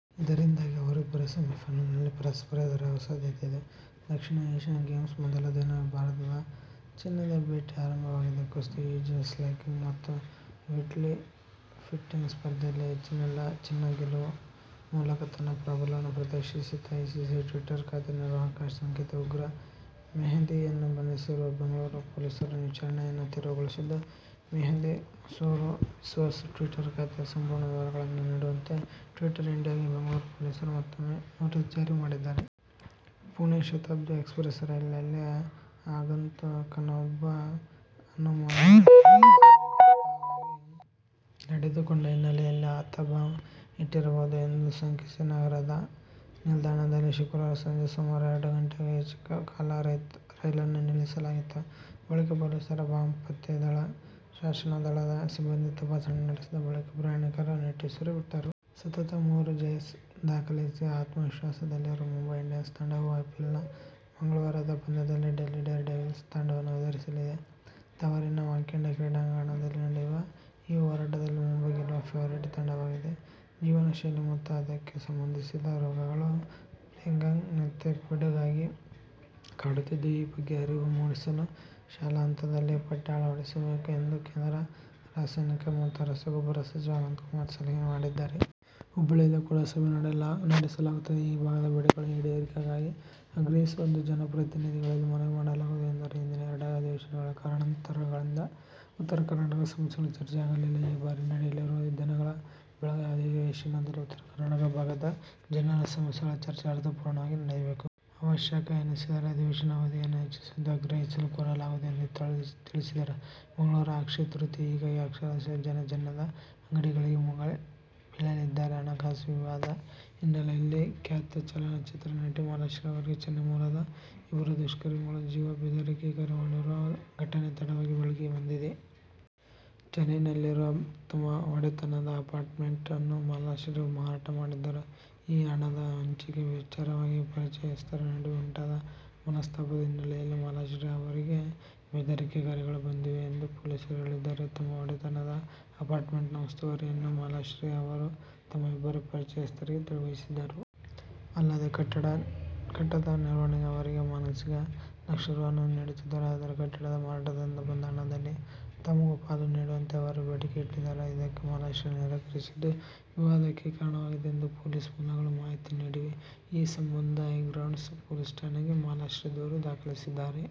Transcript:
ಇದರಿಂದಾಗಿ ಅವರಿಬ್ಬರು ಸೆಮಿಫೈನಲ್ನಲ್ಲಿ ಪರಸ್ಪರ ಎದುರಾಗುವ ಸಾಧ್ಯತೆಯಿದೆ. ದಕ್ಷಿಣ ಏಶ್ಯನ್ ಗೇಮ್ಸ್ನ ಮೊದಲ ದಿನವೇ ಭಾರತದ ಚಿನ್ನದ ಬೇಟೆ ಆರಂಭವಾಗಿದೆ. ಕುಸ್ತಿ, ಈಜು, ಸೈಕ್ಲಿಂಗ್ ಮತ್ತು ವೇಟ್ಲಿಫ್ಟಿಂಗ್ ಸ್ಪರ್ಧೆಯಲ್ಲಿ ಹೆಚ್ಚಿನೆಲ್ಲ ಚಿನ್ನ ಗೆಲ್ಲುವ ಮೂಲಕ ತನ್ನ ಪ್ರಾಬಲ್ಯವನ್ನು ಪ್ರದರ್ಶಿಸಿತು. ಐಸಿಸ್ ಟ್ವೀಟರ್ ಖಾತೆ ನಿರ್ವಾಹಕ ಶಂಕಿತ ಉಗ್ರ ಮೆಹದಿಯನ್ನು ಬಂಧಿಸಿರುವ ಬೆಂಗಳೂರು ಪೊಲೀಸರು ವಿಚಾರಣೆಯನ್ನು ತೀವ್ರಗೊಳಿಸಿದ್ದು, ಮೆಹದಿ ಮಸ್ರೂರ್ ಬಿಸ್ವಾಸ್ ಟ್ವೀಟರ್ ಖಾತೆಯ ಸಂಪೂರ್ಣ ವಿವರಗಳನ್ನು ನೀಡುವಂತೆ ಟ್ವೀಟರ್ ಇಂಡಿಯಾಗೆ ಬೆಂಗಳೂರು ಪೊಲೀಸರು ಮತ್ತೊಮ್ಮೆ ನೋಟಿಸ್ ಜಾರಿ ಮಾಡಿದ್ದಾರೆ. ಪುಣೆ ಶತಾಬ್ದಿ ಎಕ್ಸಪ್ರಸ್ ರೈಲಿನಲ್ಲಿ ಆಗಂತುಕನೊಬ್ಬ ಅನುಮಾನಾಸ್ಪದವಾಗಿ ನಡೆದುಕೊಂಡ ಹಿನ್ನೆಲೆಯಲ್ಲಿ ಆತ ಬಾಂಬ್ ಇಟ್ಟಿರಬಹುದು ಎಂದು ಶಂಕಿಸಿ ನಗರದ ನಿಲ್ದಾಣದಲ್ಲಿ ಶುಕ್ರವಾರ ಸಂಜೆ ಸುಮಾರು ಎರಡು ಗಂಟೆಗೂ ಹೆಚ್ಚು ಕಾಲ ರೈಲನ್ನು ನಿಲ್ಲಿಸಲಾಗಿತ್ತು. ಬಳಿಕ, ಪೊಲೀಸರು, ಬಾಂಬ್ ಪತ್ತೆ ದಳ, ಶ್ವಾನ ದಳದ ಸಿಬ್ಬಂದಿ ತಪಾಸಣೆ ನಡೆಸಿದ ಬಳಿಕ ಪ್ರಯಾಣಿಕರು ನಿಟ್ಟುಸಿರು ಬಿಟ್ಟರು. ಸತತ ಮೂರು ಜಯ ದಾಖಲಿಸಿ ಆತ್ಮವಿಶ್ವಾಸದಲ್ಲಿರುವ ಮುಂಬೈ ಇಂಡಿಯನ್ಸ್ ತಂಡವು ಐಪಿಎಲ್ನ ಮಂಗಳವಾರದ ಪಂದ್ಯದಲ್ಲಿ ಡೆಲ್ಲಿ ಡೇರ್ಡೆವಿಲ್ಸ್ ತಂಡವನ್ನು ಎದುರಿಸಲಿದೆ. ತವರಿನ ವಾಂಖೇಡೆ ಕ್ರೀಡಾಂಗಣದಲ್ಲಿ ನಡೆಯುವ ಈ ಹೋರಾಟದಲ್ಲಿ ಮುಂಬೈ ಗೆಲ್ಲುವ ಫೇವರಿಟ್ ತಂಡವಾಗಿದೆ. ಜೀವನಶೈಲಿ ಮತ್ತು ಅದಕ್ಕೆ ಸಂಬಂಧಿಸಿದ ರೋಗಗಳು ಪ್ಲೇಗ್ನಂತೆ ಪಿಡುಗಾಗಿ ಕಾಡುತ್ತಿದ್ದು, ಈ ಬಗ್ಗೆ ಅರಿವು ಮೂಡಿಸಲು ಶಾಲಾ ಹಂತದಲ್ಲಿ ಪಠ್ಯ ಅಳವಡಿಸಬೇಕು ಎಂದು ಕೇಂದ್ರ ರಾಸಾಯನಿಕ ಮತ್ತು ರಸಗೊಬ್ಬರ ಸಚಿವ ಅನಂತಕುಮಾರ್ ಸಲಹೆ ಮಾಡಿದ್ದಾರೆ. ಹುಬ್ಬಳ್ಳಿಯಲ್ಲಿ ಕೂಡ ಸಭೆ ನಡೆಸಲಾಗುತ್ತಿದೆ. ಈ ಭಾಗದ ಬೇಡಿಕೆಗಳ ಈಡೇರಿಕೆಗಾಗಿ ಆಗ್ರಹಿಸುವಂತೆ ಜನಪ್ರತಿನಿಧಿಗಳಲ್ಲಿ ಮನವಿ ಮಾಡಲಾಗುವುದು ಎಂದರು. ಹಿಂದಿನ ಎರಡು ಅಧಿವೇಶನಗಳಲ್ಲಿ ಕಾರಣಾಂತರಗಳಿಂದ ಉತ್ತರ ಕರ್ನಾಟಕದ ಸಮಸ್ಯೆಗಳ ಚರ್ಚೆಯಾಗಲಿಲ್ಲ. ಈ ಬಾರಿ ನಡೆಯಲಿರುವ ದಿನಗಳ ಬೆಳಗಾವಿ ಅಧಿವೇಶನದಲ್ಲಿ ಉತ್ತರ ಕರ್ನಾಟಕ ಭಾಗದ ಜನರ ಸಮಸ್ಯೆಗಳ ಚರ್ಚೆ ಅರ್ಥಪೂರ್ಣವಾಗಿ ನಡೆಯಬೇಕು. ಅವಶ್ಯಕ ಎನಿಸಿದರೆ ಅಧಿವೇಶನದ ಅವಧಿಯನ್ನು ಹೆಚ್ಚಿಸುವಂತೆ ಆಗ್ರಹಿಸಲು ಕೋರಲಾಗುವುದು ಎಂದು ತಿಳಿಸಿದರು. ಮಂಗಳವಾರ ಅಕ್ಷಯ ತೃತೀಯ. ಹೀಗಾಗಿ ಅಕ್ಷರಶಃ ಜನ ಚಿನ್ನದ ಅಂಗಡಿಗಳಿಗೆ ಮುಗಿಬೀಳಲಿದ್ದಾರೆ. ಹಣಕಾಸು ವಿವಾದ ಹಿನ್ನೆಲೆಯಲ್ಲಿ ಖ್ಯಾತ ಚಲನಚಿತ್ರ ನಟಿ ಮಾಲಾಶ್ರೀ ಅವರಿಗೆ ಚೆನ್ನೈ ಮೂಲದ ಇಬ್ಬರು ದುಷ್ಕರ್ಮಿಗಳು ಜೀವ ಬೆದರಿಕೆ ಕರೆ ಮಾಡಿರುವ ಘಟನೆ ತಡವಾಗಿ ಬೆಳಕಿಗೆ ಬಂದಿದೆ. ಚೆನ್ನೈನಲ್ಲಿರುವ ತಮ್ಮ ಒಡೆತನದ ಅಪಾರ್ಟ್ಮೆಂಟ್ ಅನ್ನು ಮಾಲಾಶ್ರೀ ಮಾರಾಟ ಮಾಡಿದ್ದರು. ಈ ಹಣದ ಹಂಚಿಕೆ ವಿಚಾರವಾಗಿ ಪರಿಚಯಸ್ಥರ ನಡುವೆ ಉಂಟಾದ ಮನಸ್ತಾಪದ ಹಿನ್ನೆಲೆಯಲ್ಲಿ ಮಾಲಾಶ್ರೀ ಅವರಿಗೆ ಬೆದರಿಕೆ ಕರೆಗಳು ಬಂದಿವೆ ಎಂದು ಪೊಲೀಸರು ಹೇಳಿದ್ದಾರೆ. ತಮ್ಮ ಒಡೆತನದ ಅಪಾರ್ಟ್ಮೆಂಟ್ನ ಉಸ್ತುವಾರಿಯನ್ನು ಮಾಲಾಶ್ರೀ ಅವರು ತಮ್ಮ ಇಬ್ಬರು ಪರಿಚಯಸ್ಥರಿಗೆ ವಹಿಸಿದ್ದರು. ಅಲ್ಲದೆ, ಕಟ್ಟಡದ ನಿರ್ವಹಣೆಗೆ ಅವರಿಗೆ ಮಾಸಿಕ ಲಕ್ಷ ರೂ. ಅನ್ನು ನೀಡುತ್ತಿದ್ದರು. ಆದರೆ ಕಟ್ಟಡದ ಮಾರಾಟದಿಂದ ಬಂದ ಹಣದಲ್ಲಿ ತಮಗೂ ಪಾಲು ನೀಡುವಂತೆ ಅವರು ಬೇಡಿಕೆ ಇಟ್ಟಿದ್ದರು. ಇದಕ್ಕೆ ಮಾಲಾಶ್ರೀ ನಿರಾಕರಿಸಿದ್ದು ವಿವಾದಕ್ಕೆ ಕಾರಣವಾಗಿದೆ ಎಂದು ಪೊಲೀಸ್ ಮೂಲಗಳು ಮಾಹಿತಿ ನೀಡಿವೆ. ಈ ಸಂಬಂಧ ಹೈಗ್ರೌಂಡ್ಸ್ ಪೊಲೀಸ್ ಠಾಣೆಗೆ ಮಾಲಾಶ್ರೀ ದೂರು ದಾಖಲಿಸಿದ್ದಾರೆ.